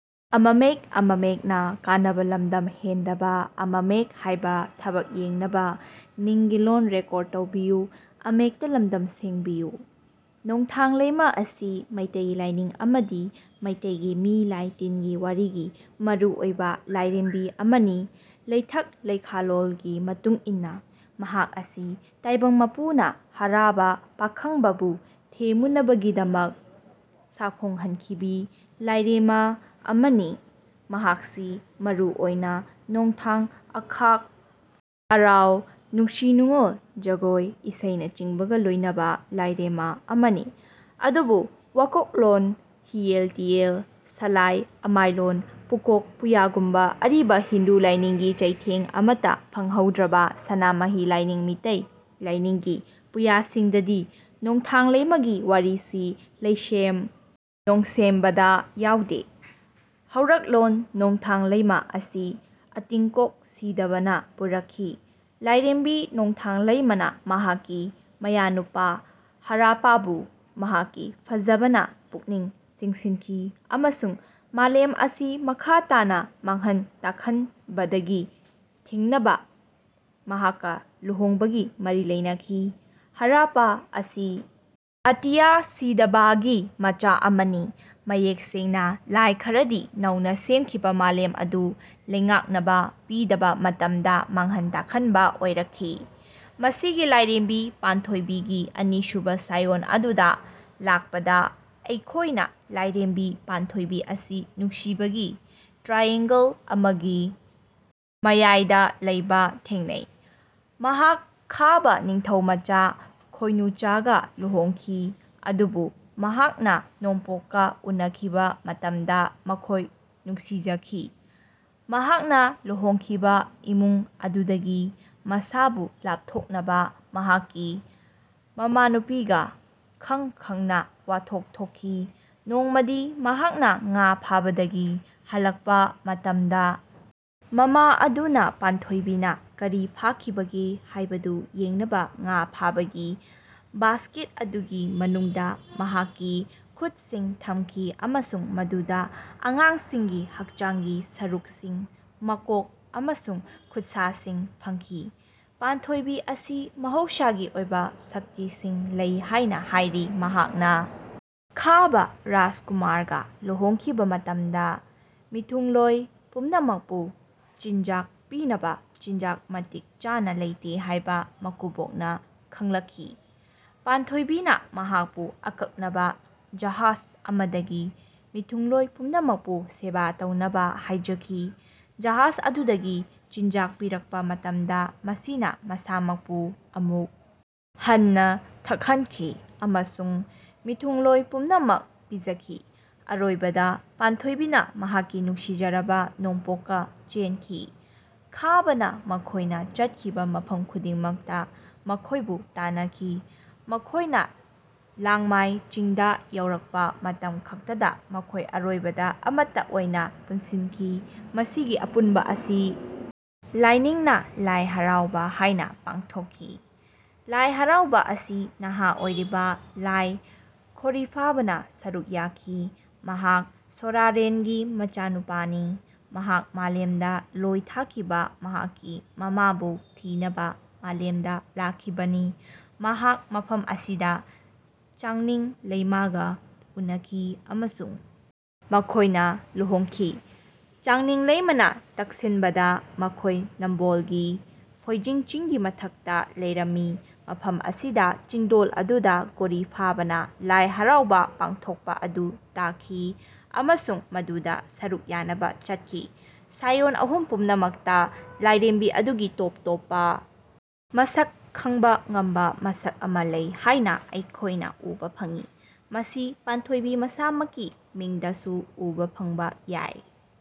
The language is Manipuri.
ꯅꯣꯡꯊꯥꯡ ꯂꯩꯃ ꯑꯁꯤ ꯃꯩꯇꯩ ꯂꯥꯢꯅꯤꯡ ꯑꯃꯗꯤ ꯃꯩꯇꯩꯒꯤ ꯃꯤ ꯂꯥꯢ ꯇꯤꯟꯒꯤ ꯋꯥꯔꯤꯒꯤ ꯃꯔꯨ ꯑꯣꯢꯕ ꯂꯥꯢꯔꯦꯝꯕꯤ ꯑꯃꯅꯤ꯫ ꯂꯩꯊꯛ ꯂꯩꯈꯥꯂꯣꯜꯒꯤ ꯃꯇꯨꯡꯏꯟꯅ ꯃꯍꯥꯛ ꯑꯁꯤ ꯇꯥꯢꯕꯪ ꯃꯄꯨꯅ ꯍꯔꯥꯕ ꯄꯥꯈꯪꯕꯕꯨ ꯊꯦꯝꯃꯨꯅꯕꯒꯤꯗꯃꯛ ꯁꯥꯐꯣꯡꯍꯟꯈꯤꯕꯤ ꯂꯥꯢꯔꯦꯝꯃ ꯑꯃꯅꯤ꯫ ꯃꯍꯥꯛꯁꯤ ꯃꯔꯨ ꯑꯣꯢꯅ ꯅꯣꯡꯊꯥꯡ ꯑꯈꯥꯛ ꯑꯔꯥꯎ ꯅꯨꯡꯁꯤ ꯅꯨꯉꯣꯜ ꯖꯒꯣꯢ ꯏꯁꯩꯅꯆꯤꯡꯕꯒ ꯂꯣꯢꯅꯕ ꯂꯥꯢꯔꯦꯝꯃ ꯑꯃꯅꯤ꯫ ꯑꯗꯨꯕꯨ ꯋꯥꯀꯣꯛꯂꯣꯟ ꯍꯤꯂꯦꯜ ꯊꯤꯂꯦꯜ ꯁꯂꯥꯏ ꯑꯃꯥꯏꯂꯣꯟ ꯄꯨꯀꯣꯛ ꯄꯨꯌꯥꯒꯨꯝꯕ ꯑꯔꯤꯕ ꯍꯤꯟꯗꯨ ꯂꯥꯢꯅꯤꯡꯒꯤ ꯆꯩꯊꯦꯡ ꯑꯃꯇ ꯐꯪꯍꯧꯗ꯭ꯔꯕ ꯁꯅꯥꯃꯍꯤ ꯂꯥꯏꯅꯤꯡ ꯃꯤꯇꯩ ꯂꯥꯢꯅꯤꯡ ꯒꯤ ꯄꯨꯌꯥꯁꯤꯡꯗꯗꯤ ꯅꯣꯡꯊꯥꯡ ꯂꯩꯃ ꯒꯤ ꯋꯥꯔꯤꯁꯤ ꯂꯩꯁꯦꯝ ꯅꯣꯡꯁꯦꯝꯕꯗ ꯌꯥꯎꯗꯦ꯫ ꯍꯧꯔꯛꯂꯣꯟ ꯅꯣꯡꯊꯥꯡ ꯂꯩꯃ ꯑꯁꯤ ꯑꯇꯤꯡꯀꯣꯛ ꯁꯤꯗꯕꯅ ꯄꯨꯔꯛꯈꯤ꯫ ꯂꯥꯏꯔꯦꯝꯕꯤ ꯅꯣꯡꯊꯥꯡ ꯂꯩꯃꯥꯅ ꯃꯍꯥꯛꯀꯤ ꯃꯌꯥꯅꯨꯄꯥ ꯍꯔꯥꯄꯥꯕꯨ ꯃꯍꯥꯛꯀꯤ ꯐꯖꯕꯅ ꯄꯨꯛꯅꯤꯡ ꯆꯤꯡꯁꯤꯟꯈꯤ ꯑꯃꯁꯨꯡ ꯃꯥꯂꯦꯝ ꯑꯁꯤ ꯃꯈꯥ ꯇꯥꯅ ꯃꯥꯡꯍꯟ ꯇꯥꯛꯍꯟꯕꯗꯒꯤ ꯊꯤꯡꯅꯕ ꯃꯍꯥꯛꯀ ꯂꯨꯍꯣꯡꯕꯒꯤ ꯃꯔꯤ ꯂꯩꯅꯈꯤ꯫ ꯍꯔꯥꯄꯥ ꯑꯁꯤ ꯑꯇꯤꯌꯥ ꯁꯤꯗꯥꯕꯥꯒꯤ ꯃꯆꯥ ꯑꯃꯅꯤ꯫ ꯃꯌꯦꯛ ꯁꯦꯡꯅ ꯂꯥꯏ ꯈꯔꯗꯤ ꯅꯧꯅ ꯁꯦꯝꯈꯤꯕ ꯃꯥꯂꯦꯝ ꯑꯗꯨ ꯂꯩꯉꯥꯛꯅꯕ ꯄꯤꯗꯕ ꯃꯇꯝꯗ ꯃꯥꯡꯍꯟ ꯇꯥꯛꯍꯟꯕ ꯑꯣꯏꯔꯛꯈꯤ꯫ ꯃꯁꯤꯒꯤ ꯂꯥꯏꯔꯦꯝꯕꯤ ꯄꯥꯟꯊꯣꯏꯕꯤ ꯒꯤ ꯑꯅꯤꯁꯨꯕ ꯁꯥꯏꯑꯣꯟ ꯑꯗꯨꯗ ꯂꯥꯛꯄꯗ ꯑꯩꯈꯣꯏꯅ ꯂꯥꯏꯔꯦꯝꯕꯤ ꯄꯥꯟꯊꯣꯏꯕꯤ ꯑꯁꯤ ꯅꯨꯡꯁꯤꯕꯒꯤ ꯇ꯭ꯔꯥꯏꯑꯦꯡꯒꯜ ꯑꯃꯒꯤ ꯃꯌꯥꯏꯗ ꯂꯩꯕ ꯊꯦꯡꯅꯩ꯫ ꯃꯍꯥꯛ ꯈꯥꯕꯥ ꯅꯤꯡꯊꯧꯃꯆꯥ ꯈꯣꯏꯅꯨꯆꯥꯒ ꯂꯨꯍꯣꯡꯈꯤ꯫ ꯑꯗꯨꯕꯨ ꯃꯍꯥꯛꯅ ꯅꯣꯡꯄꯣꯛꯀ ꯎꯅꯈꯤꯕ ꯃꯇꯝꯗ ꯃꯈꯣꯏ ꯅꯨꯡꯁꯤꯖꯈꯤ꯫ ꯃꯍꯥꯛꯅ ꯂꯨꯍꯣꯡꯈꯤꯕ ꯏꯃꯨꯡ ꯑꯗꯨꯗꯒꯤ ꯃꯁꯥꯕꯨ ꯂꯥꯞꯊꯣꯛꯅꯕ ꯃꯍꯥꯛꯀꯤ ꯃꯃꯥꯅꯨꯄꯤꯒ ꯈꯪ ꯈꯪꯅ ꯋꯥꯊꯣꯛ ꯊꯣꯛꯈꯤ꯫ ꯅꯣꯡꯃꯗꯤ ꯃꯍꯥꯛꯅ ꯉꯥ ꯐꯥꯕꯗꯒꯤ ꯍꯜꯂꯛꯄ ꯃꯇꯝꯗ ꯃꯃꯥ ꯑꯗꯨꯅ ꯄꯥꯟꯊꯣꯏꯕꯤꯅ ꯀꯔꯤ ꯐꯥꯈꯤꯕꯒꯦ ꯍꯥꯏꯕꯗꯨ ꯌꯦꯡꯅꯕ ꯉꯥ ꯐꯥꯕꯒꯤ ꯕꯥꯁꯀꯦꯠ ꯑꯗꯨꯒꯤ ꯃꯅꯨꯡꯗ ꯃꯍꯥꯛꯀꯤ ꯈꯨꯠꯁꯤꯡ ꯊꯝꯈꯤ ꯑꯃꯁꯨꯡ ꯃꯗꯨꯗ ꯑꯉꯥꯡꯁꯤꯡꯒꯤ ꯍꯛꯆꯥꯡꯒꯤ ꯁꯔꯨꯛꯁꯤꯡ ꯃꯀꯣꯛ ꯑꯃꯁꯨꯡ ꯈꯨꯠꯁꯥꯁꯤꯡ ꯐꯪꯈꯤ꯫ ꯄꯥꯟꯊꯣꯏꯕꯤ ꯑꯁꯤ ꯃꯍꯧꯁꯥꯒꯤ ꯑꯣꯏꯕ ꯁꯛꯇꯤꯁꯤꯡ ꯂꯩ ꯍꯥꯏꯅ ꯍꯥꯏꯔꯤ꯫ ꯃꯍꯥꯛꯅ ꯈꯥꯕꯥ ꯔꯥꯖꯀꯨꯃꯥꯔꯒ ꯂꯨꯍꯣꯡꯈꯤꯕ ꯃꯇꯝꯗ ꯃꯤꯊꯨꯡꯂꯣꯏ ꯄꯨꯝꯅꯃꯛꯄꯨ ꯆꯤꯟꯖꯥꯛ ꯄꯤꯅꯕ ꯆꯤꯟꯖꯥꯛ ꯃꯇꯤꯛ ꯆꯥꯅ ꯂꯩꯇꯦ ꯍꯥꯏꯕ ꯃꯀꯨꯕꯣꯛꯅ ꯈꯪꯂꯛꯈꯤ꯫ ꯄꯥꯟꯊꯣꯏꯕꯤꯅ ꯃꯍꯥꯛꯄꯨ ꯑꯀꯛꯅꯕ ꯖꯍꯥꯖ ꯑꯃꯗꯒꯤ ꯃꯤꯊꯨꯡꯂꯣꯏ ꯄꯨꯝꯅꯃꯛꯄꯨ ꯁꯦꯕꯥ ꯇꯧꯅꯕ ꯍꯥꯏꯖꯈꯤ꯫ ꯖꯍꯥꯖ ꯑꯗꯨꯗꯒꯤ ꯆꯤꯟꯖꯥꯛ ꯄꯤꯔꯛꯄ ꯃꯇꯝꯗ ꯃꯁꯤꯅ ꯃꯁꯥꯃꯛꯄꯨ ꯑꯃꯨꯛ ꯍꯟꯅ ꯊꯜꯍꯟꯈꯤ ꯑꯃꯁꯨꯡ ꯃꯤꯊꯨꯡꯂꯣꯏ ꯄꯨꯝꯅꯃꯛ ꯄꯤꯖꯈꯤ꯫ ꯑꯔꯣꯏꯕꯗ ꯄꯥꯟꯊꯣꯏꯕꯤꯅ ꯃꯍꯥꯛꯀꯤ ꯅꯨꯡꯁꯤꯖꯔꯕ ꯅꯣꯡꯄꯣꯛꯀ ꯆꯦꯟꯈꯤ꯫ ꯈꯥꯕꯥꯅ ꯃꯈꯣꯏꯅ ꯆꯠꯈꯤꯕ ꯃꯐꯝ ꯈꯨꯗꯤꯡꯃꯛꯇ ꯃꯈꯣꯏꯕꯨ ꯇꯥꯟꯅꯈꯤ꯫ ꯃꯈꯣꯏꯅ ꯂꯥꯡꯃꯥꯏ ꯆꯤꯡꯗ ꯌꯧꯔꯛꯄ ꯃꯇꯝ ꯈꯛꯇꯗ ꯃꯈꯣꯏ ꯑꯔꯣꯏꯕꯗ ꯑꯃꯠꯇ ꯑꯣꯏꯅ ꯄꯨꯟꯁꯤꯟꯈꯤ꯫ ꯃꯁꯤꯒꯤ ꯑꯄꯨꯟꯕ ꯑꯁꯤ ꯂꯥꯏꯅꯤꯡꯅ ꯂꯥꯏ ꯍꯔꯥꯎꯕꯥ ꯍꯥꯏꯅ ꯄꯥꯡꯊꯣꯛꯈꯤ꯫ ꯂꯥꯏ ꯍꯔꯥꯎꯕꯥ ꯑꯁꯤ ꯅꯍꯥ ꯑꯣꯏꯔꯤꯕ ꯂꯥꯏ ꯈꯣꯔꯤꯐꯥꯕꯥꯅ ꯁꯔꯨꯛ ꯌꯥꯈꯤ꯫ ꯃꯍꯥꯛ ꯁꯣꯔꯥꯔꯦꯟꯒꯤ ꯃꯆꯥꯅꯨꯄꯥꯅꯤ꯫ ꯃꯍꯥꯛ ꯃꯥꯂꯦꯝꯗ ꯂꯣꯏ ꯊꯥꯈꯤꯕ ꯃꯍꯥꯛꯀꯤ ꯃꯃꯥꯕꯨ ꯊꯤꯅꯕ ꯃꯥꯂꯦꯝꯗ ꯂꯥꯛꯈꯤꯕꯅꯤ꯫ ꯃꯍꯥꯛ ꯃꯐꯝ ꯑꯁꯤꯗ ꯆꯥꯡꯅꯤꯡ ꯂꯩꯃꯥꯒ ꯎꯅꯈꯤ ꯑꯃꯁꯨꯡ ꯃꯈꯣꯏꯅ ꯂꯨꯍꯣꯡꯈꯤ꯫ ꯆꯥꯡꯅꯤꯡ ꯂꯩꯃꯥꯅ ꯇꯛꯁꯤꯟꯕꯗ ꯃꯈꯣꯏ ꯅꯥꯝꯕꯣꯜꯒꯤ ꯐꯣꯏꯖꯤꯡ ꯆꯤꯡꯒꯤ ꯃꯊꯛꯇ ꯂꯩꯔꯝꯃꯤ꯫ ꯃꯐꯝ ꯑꯁꯤꯗ ꯆꯤꯡꯗꯣꯜ ꯑꯗꯨꯗ ꯈꯣꯔꯤꯐꯥꯕꯥꯅ ꯂꯥꯏ ꯍꯔꯥꯎꯕꯥ ꯄꯥꯡꯊꯣꯛꯄ ꯑꯗꯨ ꯇꯥꯈꯤ ꯑꯃꯁꯨꯡ ꯃꯗꯨꯗ ꯁꯔꯨꯛ ꯌꯥꯅꯕ ꯆꯠꯈꯤ꯫ ꯁꯥꯏꯑꯣꯟ ꯑꯍꯨꯝ ꯄꯨꯝꯅꯃꯛꯇ ꯂꯥꯏꯔꯦꯝꯕꯤ ꯑꯗꯨꯒꯤ ꯇꯣꯞ ꯇꯣꯞꯄ ꯃꯁꯛ ꯈꯪꯕ ꯉꯝꯕ ꯃꯁꯛ ꯑꯃ ꯂꯩ ꯍꯥꯏꯅ ꯑꯩꯈꯣꯏꯅ ꯎꯕ ꯐꯪꯏ꯫ ꯃꯁꯤ ꯄꯥꯟꯊꯣꯏꯕꯤ ꯃꯁꯥꯃꯛꯀꯤ ꯃꯤꯡꯗꯁꯨ ꯎꯕ ꯐꯪꯕ ꯌꯥꯏ꯫